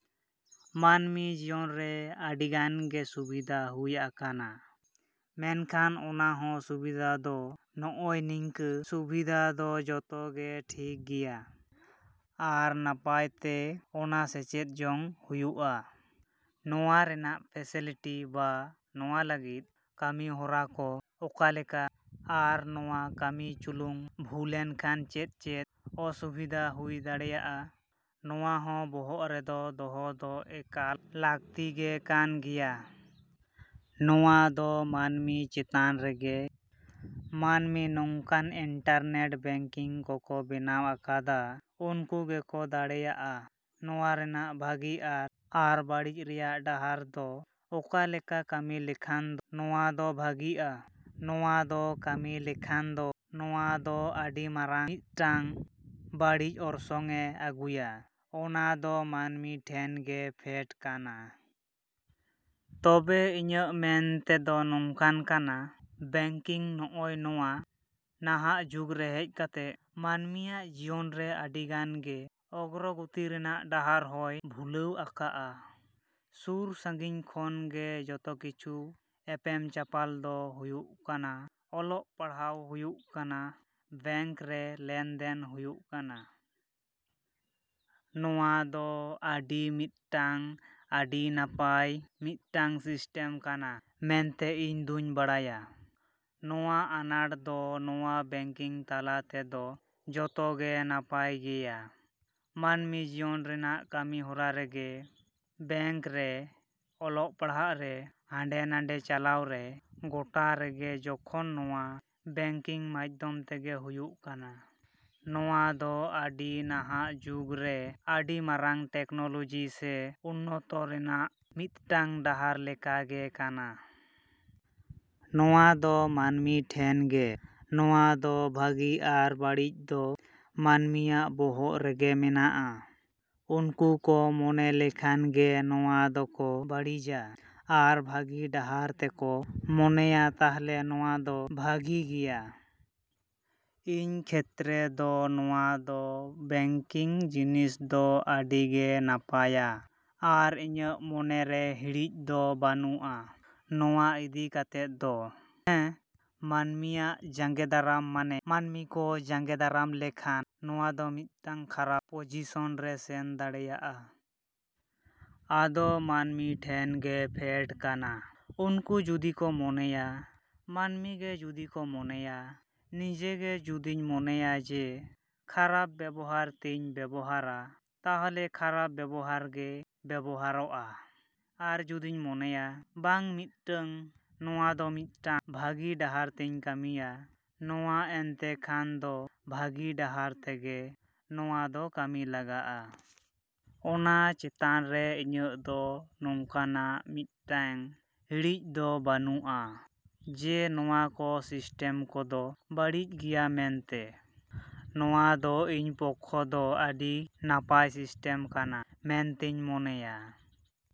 ᱢᱟᱹᱱᱢᱤ ᱡᱤᱭᱚᱱ ᱨᱮ ᱟᱹᱰᱤ ᱜᱟᱱ ᱜᱮ ᱥᱩᱵᱤᱫᱟ ᱦᱩᱭ ᱟᱠᱟᱱᱟ᱾ ᱢᱮᱱᱠᱷᱟᱱ ᱚᱱᱟ ᱦᱚᱸ ᱥᱩᱵᱤᱫᱟ ᱫᱚ ᱱᱚᱜᱼᱚᱭ ᱱᱤᱝᱠᱟᱹ ᱥᱩᱵᱤᱫᱟ ᱫᱚ ᱡᱚᱛᱚ ᱜᱮ ᱴᱷᱤᱠ ᱜᱮᱭᱟ, ᱟᱨ ᱱᱟᱯᱟᱭ ᱛᱮ ᱚᱱᱟ ᱥᱮᱪᱮᱫ ᱡᱚᱝ ᱦᱩᱭᱩᱜᱼᱟ᱾ ᱱᱚᱣᱟ ᱨᱮᱱᱟᱜ ᱯᱷᱮᱥᱮᱞᱤᱴᱤ ᱵᱟ ᱱᱚᱣᱟ ᱞᱟᱜᱟᱫ ᱠᱟᱹᱢᱤ ᱦᱚᱨᱟ ᱠᱚ ᱚᱠᱟ ᱞᱮᱠᱟ ᱟᱨ ᱱᱚᱣᱟ ᱠᱟᱹᱡ ᱪᱩᱞᱩᱝ ᱵᱷᱩᱞᱮᱱ ᱠᱷᱟᱱ ᱪᱮᱫᱼᱪᱮᱫ ᱚᱥᱩᱵᱤᱫᱟ ᱦᱩᱭ ᱫᱟᱲᱮᱭᱟᱜᱼᱟ, ᱱᱚᱣᱟ ᱦᱚᱸ ᱵᱚᱦᱚᱜ ᱨᱮᱫᱚ ᱫᱚᱦᱚ ᱫᱚ ᱮᱠᱟᱞ ᱞᱟᱹᱠᱛᱤ ᱜᱮ ᱠᱟᱱ ᱜᱮᱭᱟ᱾ ᱱᱚᱣᱟ ᱫᱚ ᱢᱟᱹᱱᱢᱤ ᱪᱮᱛᱟᱱ ᱨᱮᱜᱮ᱾ ᱢᱟᱹᱱᱢᱤ ᱱᱚᱝᱠᱟᱱ ᱤᱱᱴᱟᱨᱱᱮᱴ ᱵᱮᱝᱠᱤᱝ ᱠᱚ ᱠᱚ ᱵᱮᱱᱟᱣ ᱟᱠᱟᱜᱼᱟ, ᱩᱱᱠᱩ ᱜᱮᱠᱚ ᱫᱟᱲᱮᱭᱟᱜᱼᱟ ᱱᱚᱣᱟ ᱠᱚᱨᱮᱱᱟᱜ ᱵᱷᱟᱹᱜᱤ ᱟᱨ ᱵᱟᱹᱲᱤᱡ ᱨᱮᱱᱟᱜ ᱰᱟᱦᱟᱨ ᱫᱚ ᱚᱠᱟ ᱞᱮᱠᱟ ᱠᱟᱹᱢᱤ ᱞᱮᱠᱷᱟᱱ ᱫᱚ ᱱᱚᱣᱟ ᱫᱚ ᱵᱷᱟᱹᱜᱤᱜᱼᱟ, ᱱᱚᱣᱟ ᱫᱚ ᱠᱟᱹᱢᱤ ᱞᱮᱠᱷᱟᱱ ᱫᱚ ᱱᱚᱣᱟ ᱫᱚ ᱟᱹᱰᱤ ᱢᱟᱨᱟᱝ ᱢᱤᱫᱴᱟᱝ ᱵᱟᱹᱲᱤᱡ ᱚᱨᱥᱚᱝ ᱮ ᱟᱹᱜᱩᱭᱟ, ᱚᱱᱟ ᱫᱚ ᱢᱟᱹᱱᱢᱤ ᱴᱷᱮᱱ ᱜᱮ ᱯᱷᱮᱰ ᱠᱟᱱᱟ᱾ ᱛᱚᱵᱮ ᱤᱧᱟᱹᱜ ᱢᱮᱱ ᱛᱮᱫᱚ ᱱᱚᱝᱠᱟᱱ ᱠᱟᱱᱟ, ᱵᱮᱝᱠᱤᱝ ᱱᱚᱜᱼᱚᱭ ᱱᱚᱣᱟ ᱱᱟᱦᱟᱜ ᱡᱩᱜᱽ ᱨᱮ ᱦᱮᱡ ᱠᱟᱛᱮ ᱢᱟᱹᱱᱢᱤᱭᱟᱜ ᱡᱤᱭᱚᱱ ᱨᱮ ᱟᱹᱰᱤ ᱜᱟᱱ ᱜᱮ ᱚᱜᱨᱚᱜᱚᱛᱤ ᱨᱮᱭᱟᱜ ᱰᱟᱦᱟᱨ ᱦᱚᱸᱭ ᱠᱷᱩᱞᱟᱹᱣ ᱟᱠᱟᱜᱼᱟ᱾ ᱥᱩᱨᱼᱥᱟᱺᱜᱤᱧ ᱠᱷᱚᱱ ᱜᱮ ᱡᱚᱛᱚ ᱠᱤᱪᱷᱩ ᱮᱯᱮᱢ ᱪᱟᱯᱟᱞ ᱫᱚ ᱦᱩᱭᱩᱜ ᱠᱟᱱᱟ, ᱚᱞᱚᱜ ᱯᱟᱲᱦᱟᱣ ᱦᱩᱭᱩᱜ ᱠᱟᱱᱟ, ᱵᱮᱝᱠ ᱨᱮ ᱞᱮᱱ ᱫᱮᱱ ᱦᱩᱭᱩᱜ ᱠᱟᱱᱟ᱾ ᱱᱚᱣᱟ ᱫᱚ ᱟᱹᱰᱤ ᱢᱤᱫᱴᱟᱹᱝ ᱟᱹᱰᱤ ᱱᱟᱯᱟᱭ ᱢᱤᱫᱴᱟᱹᱝ ᱥᱤᱥᱴᱮᱢ ᱠᱟᱱᱟ ᱢᱮᱱᱛᱮ ᱤᱧ ᱫᱩᱧ ᱢᱚᱱᱮᱭᱮᱜᱼᱟ᱾ ᱱᱚᱣᱟ ᱟᱱᱟᱴ ᱫᱚ ᱱᱚᱣᱟ ᱵᱮᱝᱠᱤᱝ ᱛᱟᱞᱟ ᱛᱮᱫᱚ ᱡᱚᱛᱚ ᱜᱮ ᱱᱟᱯᱟᱭ ᱜᱮᱭᱟ᱾ ᱢᱟᱹᱱᱢᱤ ᱡᱤᱭᱚᱱ ᱨᱮᱭᱟᱜ ᱠᱟᱹᱢᱤ ᱦᱚᱨᱟ ᱨᱮᱜᱮ, ᱵᱮᱝᱠ ᱨᱮ, ᱚᱞᱚᱜ ᱯᱟᱲᱦᱟᱣ ᱨᱮ, ᱦᱟᱸᱰᱮ-ᱱᱟᱰᱮ ᱪᱟᱞᱟᱣ ᱨᱮ, ᱜᱚᱴᱟ ᱨᱮᱜᱮ ᱡᱚᱠᱷᱚᱱ ᱱᱚᱣᱟ ᱵᱮᱝᱠᱤᱝ ᱢᱟᱫᱷᱚᱢ ᱛᱮᱜᱮ ᱦᱩᱭᱩᱜ ᱠᱟᱱᱟ, ᱱᱚᱣᱟ ᱫᱚ ᱟᱹᱰᱤ ᱱᱟᱦᱟᱜ ᱡᱩᱜᱽ ᱨᱮ ᱟᱹᱰᱤ ᱢᱟᱨᱟᱝ ᱴᱮᱠᱱᱚᱞᱚᱡᱤ ᱥᱮ ᱩᱱᱱᱚᱛᱚ ᱨᱮᱱᱟᱜ ᱢᱤᱫᱴᱟᱝ ᱰᱟᱦᱟᱨ ᱞᱮᱠᱟ ᱜᱮ ᱠᱟᱱᱟ᱾ ᱱᱚᱣᱟ ᱫᱚ ᱢᱟᱹᱱᱢᱤ ᱴᱷᱮᱱ ᱜᱮ᱾ ᱱᱚᱣᱟ ᱫᱚ ᱵᱷᱟᱹᱜᱤ ᱟᱨ ᱵᱟᱹᱲᱤᱡ ᱫᱚ ᱢᱟᱹᱱᱢᱤᱭᱟᱜ ᱵᱚᱦᱚᱜ ᱨᱮᱜᱮ ᱢᱮᱱᱟᱜᱼᱟ᱾ ᱩᱱᱠᱩ ᱠᱚ ᱢᱚᱱᱮ ᱞᱮᱠᱷᱟᱱ ᱜᱮ ᱱᱚᱣᱟ ᱫᱚᱠᱚ ᱵᱟᱹᱲᱤᱡᱟ ᱟᱨ ᱵᱷᱟᱹᱜᱤ ᱰᱟᱦᱟᱨ ᱛᱮᱠᱚ ᱢᱚᱱᱮᱭᱟ ᱛᱟᱦᱚᱞᱮ ᱱᱚᱣᱟ ᱫᱚ ᱵᱷᱟᱹᱜᱤ ᱜᱮᱭᱟ᱾ ᱤᱧ ᱠᱷᱮᱛᱨᱮ ᱫᱚ ᱱᱚᱣᱟ ᱫᱚ ᱵᱮᱝᱠᱤᱝ ᱡᱤᱱᱤᱥ ᱫᱚ ᱟᱹᱰᱤ ᱜᱮ ᱱᱟᱯᱟᱭᱟ ᱟᱨ ᱤᱧᱟᱹᱜ ᱢᱚᱱᱮ ᱨᱮ ᱦᱤᱲᱤᱡ ᱫᱚ ᱵᱟᱹᱱᱩᱜᱼᱟ ᱱᱚᱣᱟ ᱤᱫᱤ ᱠᱟᱛᱮ ᱫᱚ᱾ ᱦᱮᱸ, ᱢᱟᱹᱱᱢᱤᱭᱟᱜ ᱡᱟᱸᱜᱮᱫᱟᱨᱟᱢ ᱢᱟᱱᱮ ᱢᱟᱹᱱᱢᱤ ᱠᱚ ᱡᱟᱸᱜᱮᱫᱟᱨᱟᱢ ᱞᱮᱠᱷᱟᱱ ᱱᱚᱣᱟ ᱫᱚ ᱢᱤᱫᱴᱟᱝ ᱠᱷᱟᱨᱟᱯ ᱯᱚᱡᱤᱥᱚᱱ ᱨᱮ ᱥᱮᱱ ᱫᱟᱲᱮᱭᱟᱜᱼᱟ᱾ ᱚᱱᱟ ᱫᱚ ᱢᱟᱹᱱᱢᱤ ᱴᱷᱮᱱ ᱜᱮ ᱯᱷᱮᱰ ᱠᱟᱱᱟ᱾ ᱩᱱᱠᱩ ᱡᱩᱫᱤ ᱠᱚ ᱢᱚᱱᱮᱭᱟ, ᱢᱟᱹᱱᱢᱤ ᱜᱮ ᱡᱩᱫᱤ ᱠᱚ ᱢᱚᱱᱮᱭᱟ, ᱱᱤᱡᱮ ᱜᱮ ᱡᱩᱫᱤᱧ ᱢᱚᱱᱮᱭᱟ ᱡᱮ ᱠᱷᱟᱨᱟᱯ ᱵᱮᱵᱚᱦᱟᱨ ᱛᱮᱧ ᱵᱮᱵᱚᱦᱟᱨᱟ, ᱛᱟᱦᱚᱞᱮ ᱠᱷᱟᱨᱟᱯ ᱵᱮᱵᱚᱦᱟᱨ ᱜᱮ ᱵᱮᱵᱚᱦᱟᱨᱚᱜᱼᱟ᱾ ᱟᱨ ᱡᱩᱫᱤ ᱢᱚᱱᱮᱭᱟ ᱵᱟᱝ ᱢᱤᱫᱴᱟᱹᱝ ᱱᱚᱣᱟ ᱫᱚ ᱢᱤᱫᱴᱟᱝ ᱵᱷᱟᱹᱜᱤ ᱰᱟᱦᱟᱨ ᱛᱮᱧ ᱠᱟᱹᱢᱤᱭᱟ, ᱱᱚᱣᱟ ᱮᱱᱛᱮ ᱠᱷᱟᱱ ᱫᱚ ᱵᱷᱟᱹᱜᱤ ᱰᱟᱦᱟᱨ ᱛᱮᱜᱮ ᱱᱚᱣᱟ ᱫᱚ ᱠᱟᱹᱢᱤ ᱜᱟᱱᱚᱜᱼᱟ᱾ ᱚᱱᱟ ᱪᱮᱛᱟᱱ ᱨᱮ ᱤᱧᱟᱹᱜ ᱫᱚ ᱱᱚᱝᱠᱟᱱᱟᱜ ᱢᱤᱫᱴᱟᱝ ᱦᱤᱲᱤᱡ ᱫᱚ ᱵᱟᱹᱱᱩᱜᱼᱟ ᱡᱮ ᱱᱚᱣᱟ ᱠᱚ ᱥᱤᱥᱴᱮᱢ ᱠᱚᱫᱚ ᱵᱟᱹᱲᱤᱡ ᱜᱮᱭᱟ ᱢᱮᱱᱛᱮ᱾ ᱱᱚᱣᱟ ᱫᱚ ᱤᱧ ᱯᱚᱠᱷᱮ ᱫᱚ ᱟᱹᱰᱤ ᱱᱟᱯᱟᱭ ᱥᱤᱥᱴᱮᱢ ᱠᱟᱱᱟ ᱢᱮᱱᱛᱤᱧ ᱢᱚᱱᱮᱭᱮᱜᱼᱟ।